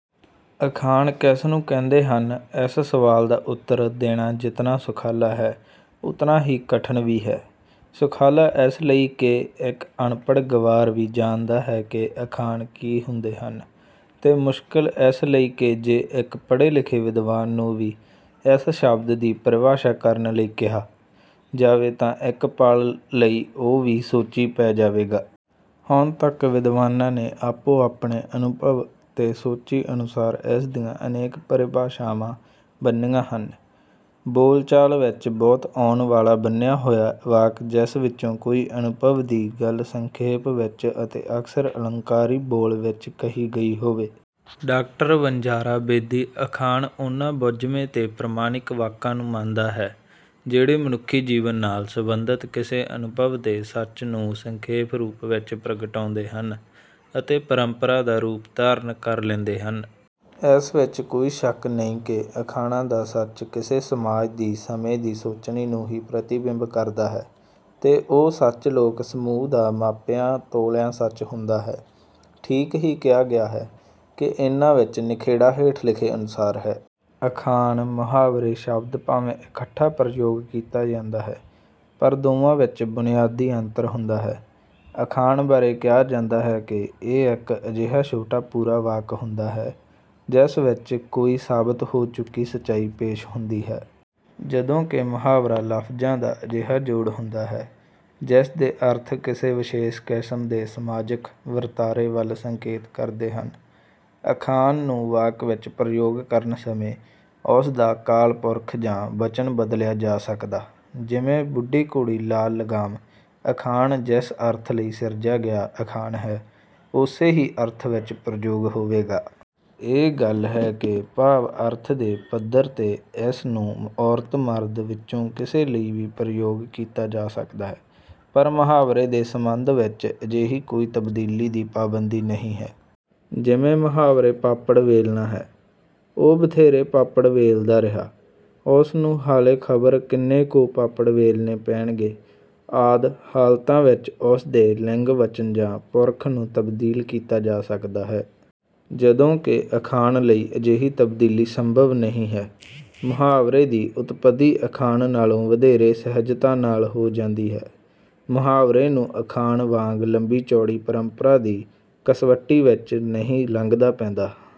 ਅਖਾਣ ਕਿਸ ਨੂੰ ਕਹਿੰਦੇ ਹਨ ਇਸ ਸਵਾਲ ਦਾ ਉੱਤਰ ਦੇਣਾ ਜਿਤਨਾ ਸੁਖਾਲਾ ਹੈ ਉਤਨਾ ਹੀ ਕਠਿਨ ਵੀ ਹੈ। ਸੁਖਾਲਾ ਇਸ ਲਈ ਕਿ ਇੱਕ ਅਨਪੜ੍ਹ ਗੰਵਾਰ ਵੀ ਜਾਣਦਾ ਹੈ ਕਿ ਅਖਾਣ ਕੀ ਹੁੰਦੇ ਹਨ ਤੇ ਮੁਸ਼ਕਲ ਇਸ ਲਈ ਕਿ ਜੇ ਇੱਕ ਪੜ੍ਹੇ ਲਿਖੇ ਵਿਦਵਾਨ ਨੂੰ ਵੀ ਇਸ ਸ਼ਬਦ ਦੀ ਪਰਿਭਾਸ਼ਾ ਕਰਨ ਲਈ ਕਹਿਆ ਜਾਵੇ ਤਾਂ ਇੱਕ ਪਲ ਲਈ ਉਹ ਵੀ ਸੋਚੀ ਪੈ ਜਾਵੇਗਾ। ਹੁਣ ਤੱਕ ਵਿਦਵਾਨਾਂ ਨੇ ਆਪੋ ਆਪਣੇ ਅਨੁਭਵ ਤੇ ਸੋਝੀ ਅਨੁਸਾਰ ਇਸ ਦੀਆਂ ਅਨੇਕਾਂ ਪਰਿਭਾਸ਼ਾਵਾਂ ਬੰਨ੍ਹੀਆਂ ਹਨ। ਬੋਲਚਾਲ ਵਿੱਚ ਬਹੁਤ ਆਉਣ ਵਾਲਾ ਬੰਨ੍ਹਿਆ ਹੋਇਆ ਵਾਕ ਜਿਸ ਵਿੱਚੋ ਕੋਈ ਅਨੁਭਵ ਦੀ ਗੱਲ ਸੰਖੇਪ ਵਿੱਚ ਅਤੇ ਅਕਸਰ ਅਲੰਕਾਰੀ ਬੋਲ ਵਿੱਚ ਕਹੀ ਗਈ ਹੋਵੇ। ਡਾਕਟਰ ਵਣਜਾਰਾ ਬੇਦੀ ਅਖਾਣ ਉਹਨਾਂ ਬੁੱਝਵੇਂ ਤੇ ਪ੍ਰਮਾਣਿਕ ਵਾਕਾਂ ਨੂੰ ਮੰਨਦਾ ਹੈ ਜਿਹੜੇ ਮਨੁੱਖੀ ਜੀਵਨ ਨਾਲ ਸਬੰਧਤ ਕਿਸੇ ਅਨੁਭਵ ਦੇ ਸੱਚ ਨੂੰ ਸੰਖੇਪ ਰੂਪ ਵਿੱਚ ਪ੍ਰਗਟਾਉਂਦੇ ਹਨ ਅਤੇ ਪਰੰਪਰਾ ਦਾ ਰੂਪ ਧਾਰਨ ਕਰ ਲੈਂਦੇ ਹਨ। ਇਸ ਵਿੱਚ ਕੋਈ ਸ਼ੱਕ ਨਹੀਂ ਕਿ ਅਖਾਣਾਂ ਦਾ ਸੱਚ ਕਿਸੇ ਸਮਾਜ ਦੀ ਸਮੇਂ ਦੀ ਸੋਚਣੀ ਨੂੰ ਹੀ ਪ੍ਰਤੀਬਿੰਬਤ ਕਰਦਾ ਹੈ ਤੇ ਉਹ ਸੱਚ ਲੋਕ ਸਮੂਹ ਦਾ ਮਾਪਿਆਂ ਤੋਲਿਆ ਸੱਚ ਹੁੰਦਾ ਹੈ। ਠੀਕ ਹੀ ਕਿਹਾ ਗਿਆ ਹੈ ਕਿ ਇਹਨਾਂ ਵਿੱਚ ਨਿਖੇੜਾ ਹੇਠ ਲਿਖੇ ਅਨੁਸਾਰ ਹੈ। ਅਖਾਣ ਮੁਹਾਵਰੇ ਸ਼ਬਦ ਭਾਵੇਂ ਇਕੱਠਾ ਪ੍ਰਯੋਗ ਕੀਤਾ ਜਾਂਦਾ ਹੈ ਪਰ ਦੋਵਾਂ ਵਿੱਚ ਬੁਨਿਆਦੀ ਅੰਤਰ ਹੁੰਦਾ ਹੈ। ਅਖਾਣ ਬਾਰੇ ਕਿਹਾ ਜਾਂਦਾ ਹੈ ਕਿ ਇਹ ਇੱਕ ਅਜਿਹਾ ਛੋਟਾ ਪੂਰਾ ਵਾਕ ਹੁੰਦਾ ਹੈ ਜਿਸ ਵਿੱਚ ਕੋਈ ਸਾਬਤ ਹੋ ਚੁੱਕੀ ਸੱਚਾਈ ਪੇਸ਼ ਹੁੰਦੀ ਹੈ। ਜਦੋਂ ਕਿ ਮੁਹਾਵਰਾ ਲਫਜ਼ਾਂ ਦਾ ਅਜਿਹਾ ਜੋੜ ਹੁੰਦਾ ਹੈ ਜਿਸ ਦੇ ਅਰਥ ਕਿਸੇ ਵਿਸ਼ੇਸ਼ ਕਿਸਮ ਦੇ ਸਮਾਜਕ ਵਰਤਾਰੇ ਵੱਲ ਸੰਕੇਤ ਕਰਦੇ ਹਨ। ਅਖਾਣ ਨੂੰ ਵਾਕ ਵਿੱਚ ਪ੍ਰਯੋਗ ਕਰਨ ਸਮੇਂ ਉਸ ਦਾ ਕਾਲ ਪੁਰਖ ਜਾਂ ਵਚਨ ਬਦਲਿਆ ਜਾ ਸਕਦਾ ਜਿਵੇਂ ਬੁੱਢੀ ਘੋੜੀ ਲਾਲ ਲਗਾਮ ਅਖਾਣ ਜਿਸ ਅਰਥ ਲਈ ਸਿਰਜਿਆ ਗਿਆ ਅਖਾਣ ਹੈ ਉਸੇ ਹੀ ਅਰਥ ਵਿੱਚ ਪ੍ਰਯੋਗ ਹੋਵੇਗਾ। ਇਹ ਗੱਲ ਹੈ ਕਿ ਭਾਵ ਅਰਥ ਦੇ ਪੱਧਰ ਤੇ ਇਸ ਨੂੰ ਔਰਤ ਮਰਦ ਵਿੱਚੋਂ ਕਿਸੇ ਲਈ ਵੀ ਪ੍ਰਯੋਗ ਕੀਤਾ ਜਾ ਸਕਦਾ ਹੈ ਪਰ ਮੁਹਾਵਰੇ ਦੇ ਸੰਬੰਧ ਵਿੱਚ ਅਜਿਹੀ ਕੋਈ ਤਬਦੀਲੀ ਦੀ ਪਾਬੰਦੀ ਨਹੀਂ ਹੈ। ਜਿਵੇਂ ਮੁਹਾਵਰੇ ਪਾਪੜ ਵੇਲਣਾ ਹੈ। ਉਹ ਬਥੇਰੇ ਪਾਪੜ ਵੇਲਦਾ ਰਿਹਾ ਉਸ ਨੂੰ ਹਾਲੇ ਖਬਰ ਕਿੰਨੇ ਕੁ ਪਾਪੜ ਵੇਲਣੇ ਪੈਣਗੇ ਆਦਿ ਹਾਲਤਾਂ ਵਿੱਚ ਉਸ ਦੇ ਲਿੰਗ ਵਚਨ ਜਾਂ ਪੁਰਖ ਨੂੰ ਤਬਦੀਲ ਕੀਤਾ ਜਾ ਸਕਦਾ ਹੈ। ਜਦੋਂ ਕਿ ਅਖਾਣ ਲਈ ਅਜਿਹੀ ਤਬਦੀਲੀ ਸੰਭਵ ਨਹੀਂ ਹੈ। ਮੁਹਾਵਰੇ ਦੀ ਉਤਪੱਤੀ ਅਖਾਣ ਨਾਲੋਂ ਵਧੇਰੇ ਸਹਿਜਤਾ ਨਾਲ ਹੋ ਜਾਂਦੀ ਹੈ। ਮੁਹਾਵਰੇ ਨੂੰ ਅਖਾਣ ਵਾਂਗ ਲੰਬੀ ਚੌੜੀ ਪਰੰਪਰਾ ਦੀ ਕਸਵੱਟੀ ਵਿੱਚ ਨਹੀਂ ਲੰਘਦਾ ਪੈਂਦਾ।